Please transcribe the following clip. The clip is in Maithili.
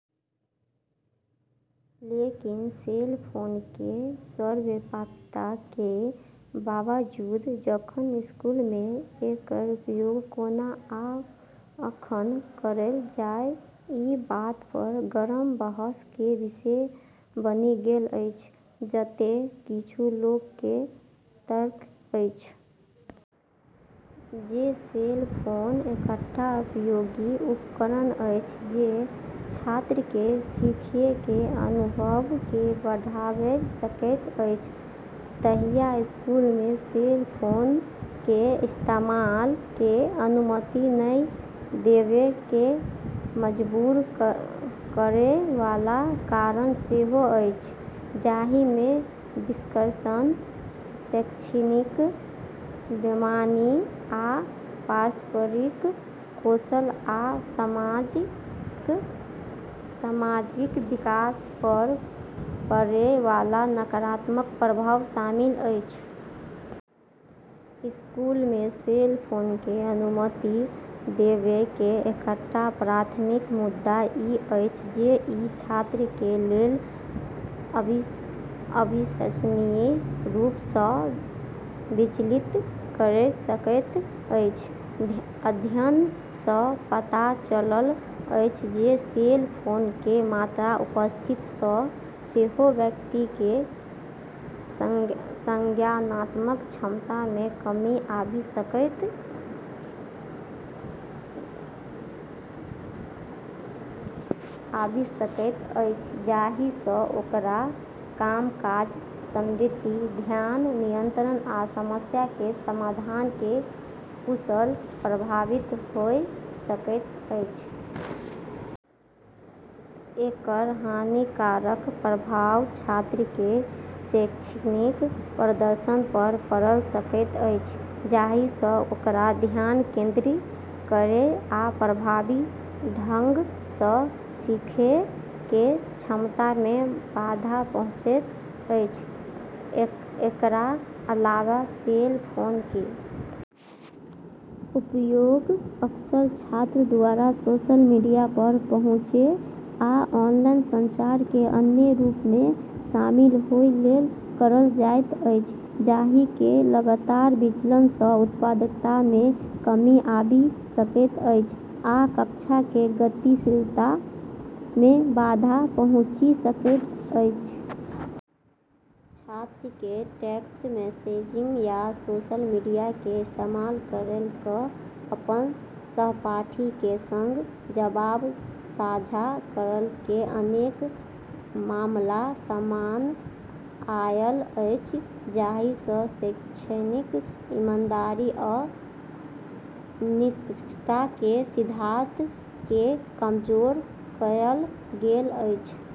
लेकिन, सेल फोन के सर्वव्यापीता के बावजूद जखन स्कूल मे एकर उपयोग कोना आ कखन करल जाए, ई बात पर गरम बहस के विषय बनि गेल अछि। जतय किछु लोक के तर्क अछि जे सेल फोन एकटा उपयोगी उपकरण अछि जे छात्र के सीखय के अनुभव के बढ़ाबय सकैत अछि, तहिया स्कूल मे सेल फोन के इस्तेमाल के अनुमति नहि देबय के मजबूर करय वाला कारण सेहो अछि, जाहि मे विकर्षण, शैक्षणिक बेईमानी आ पारस्परिक कौशल आ सामाजिक विकास पर पड़य वाला नकारात्मक प्रभाव शामिल अछि। स्कूल मे सेल फोन के अनुमति देबय के एकटा प्राथमिक मुद्दा ई अछि जे ई छात्र के लेल अविश्वसनीय रूप सँ विचलित करय सकैत अछि। अध्ययन सँ पता चलल अछि जे सेल फोन के मात्र उपस्थिति सँ सेहो व्यक्ति के संज्ञानात्मक क्षमता मे कमी आबि सकैत अछि, जाहि सँ ओकर कामकाजी स्मृति, ध्यान नियंत्रण आ समस्या के समाधान के कौशल प्रभावित होय सकैत अछि। एकर हानिकारक प्रभाव छात्र के शैक्षणिक प्रदर्शन पर पड़ै सकैत अछि, जाहि सँ ओकर ध्यान केंद्रित करय आ प्रभावी ढंग सँ सीखय के क्षमता मे बाधा पहुँचैत अछि। एकरा अलावे, सेल फोन के उपयोग अक्सर छात्र द्वारा सोशल मीडिया पर पहुँचय आ ऑनलाइन संचार के अन्य रूप मे शामिल होय लेल करल जाएत अछि, जाहि के लगातार विचलन सँ उत्पादकता मे कमी आबि सकैत अछि आ कक्षा के गतिशीलता मे बाधा पहुँचि सकैत अछि। छात्र के टेक्स्ट मैसेजिंग या सोशल मीडिया के इस्तेमाल करि क' अपन सहपाठी के संग जवाब साझा करय के अनेक मामला सामने आएल अछि, जाहि सँ शैक्षणिक ईमानदारी आ निष्पक्षता के सिद्धांत के कमजोर कएल गेल अछि।